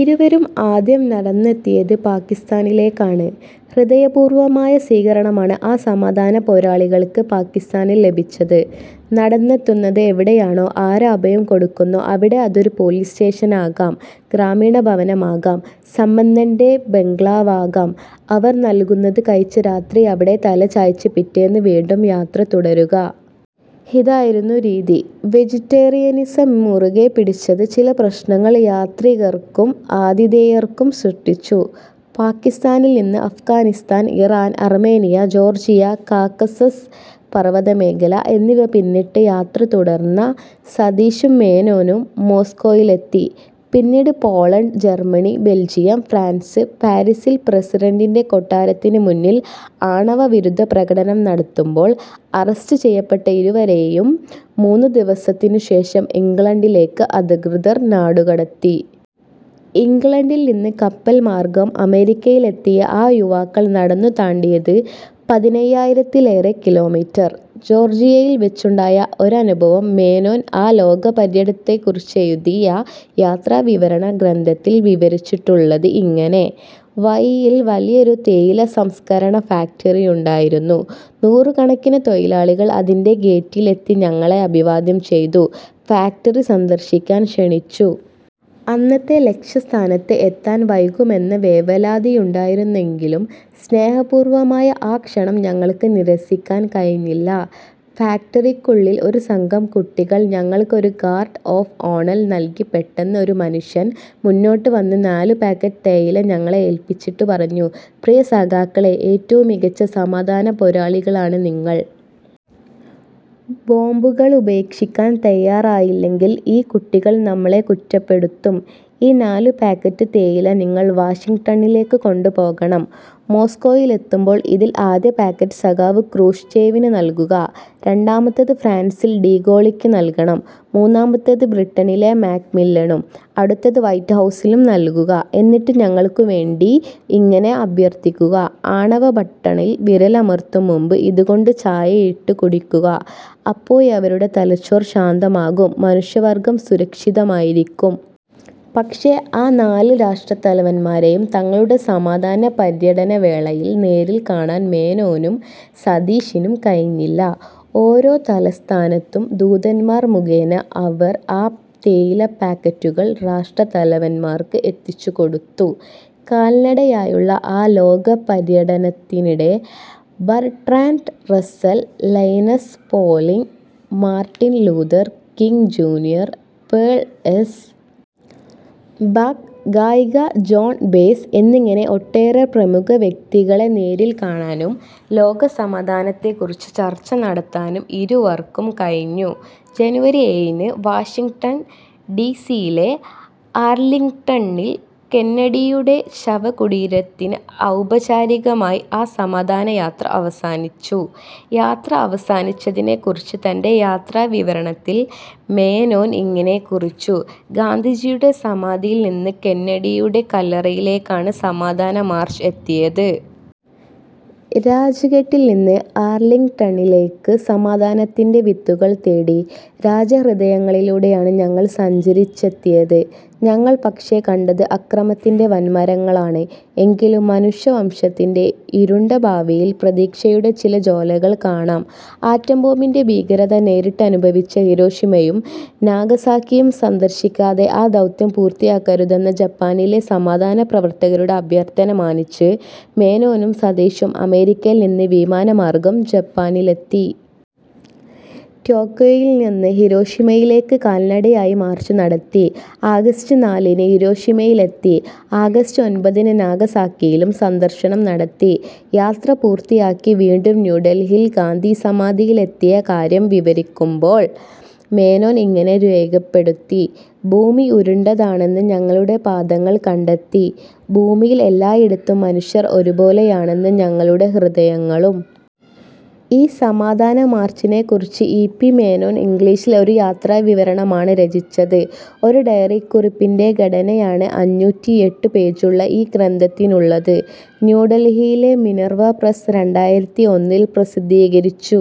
ഇരുവരും ആദ്യം നടന്നെത്തിയത് പാകിസ്താനിലേക്കാണ്. ഹൃദയപൂർവമായ സ്വീകരണമാണ് ആ സമാധാന പോരാളികൾക്ക് പാകിസ്താനിൽ ലഭിച്ചത്. നടന്നെത്തുന്നത് എവിടെയാണോ, ആര് അഭയം കൊടുക്കുന്നോ അവിടെ അതൊരു പോലീസ് സ്റ്റേഷനാകാം, ഗ്രാമീണഭവനമാകാം, സമ്പന്നന്റെ ബംഗ്ലാവാകാം അവർ നൽകുന്നത് കഴിച്ച് രാത്രി അവിടെ തലചായ്ച്ച് പിറ്റേന്ന് വീണ്ടും യാത്ര തുടരുക. ഇതായിരുന്നു രീതി. വെജിറ്റേറിയനിസം മുറുകെ പിടിച്ചത് ചില പ്രശ്നങ്ങൾ യാത്രികർക്കും ആതിഥേയർക്കും സൃഷ്ടിച്ചു. പാകിസ്താനിൽനിന്ന് Afghanistan, Iran, Armenia, Georgia, Caucasus പർവ്വതമേഖല എന്നിവ പിന്നിട്ട് യാത്ര തുടർന്ന സതീഷും മേനോനും മോസ്കോയിലെത്തി. പിന്നീട് പോളണ്ട്, ജർമനി, ബെൽജിയം, ഫ്രാൻസ്. പാരിസിൽ പ്രസിഡന്റിന്റെ കൊട്ടാരത്തിന് മുന്നിൽ ആണവവിരുദ്ധ പ്രകടനം നടത്തുമ്പോൾ അറസ്റ്റ് ചെയ്യപ്പെട്ട ഇരുവരെയും മൂന്നുദിവസത്തിന് ശേഷം ഇംഗ്ലണ്ടിലേക്ക് അധികൃതർ നാടുകടത്തി. ഇംഗ്ലണ്ടിൽ നിന്ന് കപ്പൽ മാർഗ്ഗം അമേരിക്കയിലെത്തിയ ആ യുവാക്കൾ നടന്നു താണ്ടിയത് പതിനയ്യായിരത്തിലേറേ കിലോമീറ്റർ. ജോർജിയയിൽ വെച്ചുണ്ടായ ഒരനുഭവം മേനോൻ ആ ലോകപര്യടനത്തെക്കുറിച്ചെഴുതിയ യാത്രാവിവരണ ഗ്രന്ഥത്തിൽ വിവരിച്ചിട്ടുള്ളത് ഇങ്ങനെ. വഴിയിൽ വലിയൊരു തേയില സംസ്ക്കരണ ഫാക്ടറിയുണ്ടായിരുന്നു. നൂറുകണക്കിന് തൊഴിലാളികൾ അതിന്റെ ഗേറ്റിലെത്തി ഞങ്ങളെ അഭിവാദ്യം ചെയ്തു. ഫാക്ടറി സന്ദർശിക്കാൻ ക്ഷണിച്ചു. അന്നത്തെ ലക്ഷ്യസ്ഥാനത്ത് എത്താൻ വൈകുമെന്ന വേവലാതിയുണ്ടായിരുന്നെങ്കിലും, സ്നേഹപൂർവമായ ആ ക്ഷണം ഞങ്ങൾക്ക് നിരസിക്കാൻ കഴിഞ്ഞില്ല. ഫാക്ടറിക്കുള്ളിൽ ഒരുസംഘം കുട്ടികൾ ഞങ്ങൾക്കൊരു ഗാർഡ് ഓഫ് ഓണൽ നൽകിപെട്ടെന്ന് ഒരു മനുഷ്യൻ മുന്നോട്ട് വന്ന് നാലുപാക്കറ്റ് തേയില ഞങ്ങളെ ഏൽപ്പിച്ചിട്ട് പറഞ്ഞു: പ്രിയ സഖാക്കളേ, ഏറ്റവും മികച്ച സമാധാന പോരാളികളാണ് നിങ്ങൾ. ബോംബുകളുപേക്ഷിക്കാൻ തയ്യാറായില്ലെങ്കിൽ ഈ കുട്ടികൾ നമ്മളെ കുറ്റപ്പെടുത്തും. ഈ നാലുപാക്കറ്റ് തേയില നിങ്ങൾ വാഷിങ്ടണിലേക്ക് കൊണ്ടുപോകണം. മോസ്കോയിലെത്തുമ്പോൾ ഇതിൽ ആദ്യ പാക്കറ്റ് സഖാവ് ക്രൂഷ്ച്ചേവിന് നൽകുക, രണ്ടാമത്തേത് ഫ്രാൻസിൽ ഡി ഗോളിക്ക് നൽകണം. മൂന്നാമത്തേത് ബ്രിട്ടനിലെ മാക്മില്ലണും, അടുത്തത് വൈറ്റ്ഹൗസിലും നൽകുക. എന്നിട്ട് ഞങ്ങൾക്ക് വേണ്ടി ഇങ്ങനെ അഭ്യർഥിക്കുക: 'ആണവബട്ടണിൽ വിരലമർത്തുംമുമ്പ് ഇതുകൊണ്ട് ചായയിട്ട് കുടിക്കുക' അപ്പോഴവരുടെ തലച്ചോർ ശാന്തമാകും, മനുഷ്യവർഗം സുരക്ഷിതമായിരിക്കും. ' പക്ഷേ, ആ നാല് രാഷ്ട്രതലവൻമാരെയും തങ്ങളുടെ സമാധാന പര്യടനവേളയിൽ നേരിൽ കാണാൻ മേനോനും സതീഷിനും കഴിഞ്ഞില്ല. ഓരോ തലസ്ഥാനത്തും ദൂതൻമാർ മുഖേന അവർ ആ തേയിലപാക്കറ്റുകൾ രാഷ്ട്രതലവൻമാർക്ക് എത്തിച്ചുകൊടുത്തു. കാൽനടയായുള്ള ആ ലോകപര്യടനത്തിനിടെ Bertrand Russell, Linus Pauling, Martin Luther King Junior, Pearl S. Buck, ഗായിക ജോൺ ബേസ് എന്നിങ്ങനെ ഒട്ടേറെ പ്രമുഖ വ്യക്തികളെ നേരിൽ കാണാനും ലോകസമാധാനത്തെക്കുറിച്ച് ചർച്ച നടത്താനും ഇരുവർക്കും കഴിഞ്ഞു. ജനുവരി ഏഴിന് വാഷിങ്ടൺ ഡി സിയിലെ ആർലിങ്ടണിൽ കെന്നഡിയുടെ ശവകുടീരത്തിൽ ഔപചാരികമായി ആ സമാധാന യാത്ര അവസാനിച്ചു. യാത്ര അവസാനിച്ചതിനെക്കുറിച്ച് തന്റെ യാത്രാവിവരണത്തിൽ മേനോൻ ഇങ്ങനെ കുറിച്ചു: 'ഗാന്ധിജിയുടെ സമാധിയിൽനിന്ന് കെന്നഡിയുടെ കല്ലറയിലേക്കാണ് സമാധാന മാർച്ച് എത്തിയത്. രാജ്ഘട്ടിൽനിന്ന് ആർലിങ്ടണിലേക്ക്! സമാധാനത്തിന്റെ വിത്തുകൾ തേടി രാജ്യഹൃദയങ്ങളിലൂടെയാണ് ഞങ്ങൾ സഞ്ചരിച്ചെത്തിയത്. ഞങ്ങൾ പക്ഷേ, കണ്ടത് അക്രമത്തിന്റെ വൻമരങ്ങളാണ്! എങ്കിലും, മനുഷ്യവംശത്തിന്റെ ഇരുണ്ട ഭാവിയിൽ പ്രതീക്ഷയുടെ ചില ജ്വാലകൾ കാണാം'. ആറ്റംബോംബിന്റെ ഭീകരത നേരിട്ടനുഭവിച്ച ഹിരോഷിമയും നാഗസാക്കിയും സന്ദർശിക്കാതെ ആ ദൗത്യം പൂർത്തിയാക്കരുതെന്ന ജപ്പാനിലെ സമാധാന പ്രവർത്തകരുടെ അഭ്യർഥന മാനിച്ച് മേനോനും സതീഷും അമേരിക്കയിൽനിന്ന് വിമാനമാർഗ്ഗം ജപ്പാനിലെത്തി. ടോക്യോയിൽനിന്ന് ഹിരോഷിമയിലേക്ക് കാൽനടയായി മാർച്ച് നടത്തി. ആഗസ്റ്റ് നാലിന് ഹിരോഷിമയിലെത്തി ആഗസ്റ്റ് ഒൻപതിന് നാഗസാക്കിയിലും സന്ദർശനം നടത്തി. യാത്ര പൂർത്തിയാക്കി വീണ്ടും ന്യൂഡൽഹിയിൽ ഗാന്ധി സമാധിയിലെത്തിയ കാര്യം വിവരിക്കുമ്പോൾ മേനോൻ ഇങ്ങനെ രേഖപ്പെടുത്തി: 'ഭൂമി ഉരുണ്ടതാണെന്ന് ഞങ്ങളുടെ പാദങ്ങൾ കണ്ടെത്തി, ഭൂമിയിൽ എല്ലായിടത്തും മനുഷ്യർ ഒരുപോലെയാണെന്ന് ഞങ്ങളുടെ ഹൃദയങ്ങളും'. ആ സമാധാന മാർച്ചിനെക്കുറിച്ച് ഇ. പി. മേനോൻ ഇംഗ്ലീഷിൽ ഒരു യാത്രാവിവരണമാണ് രചിച്ചത്. ഒരു ഡയറിക്കുറിപ്പിന്റെ ഘടനയാണ് അഞ്ഞൂറ്റിയെട്ടു പേജുള്ള ഈ ഗ്രന്ഥത്തിനുള്ളത്. ന്യൂഡൽഹിയിലെ മിനർവ പ്രസ്സ് രണ്ടായിരത്തിഒന്നിൽ പ്രസിദ്ധീകരിച്ചു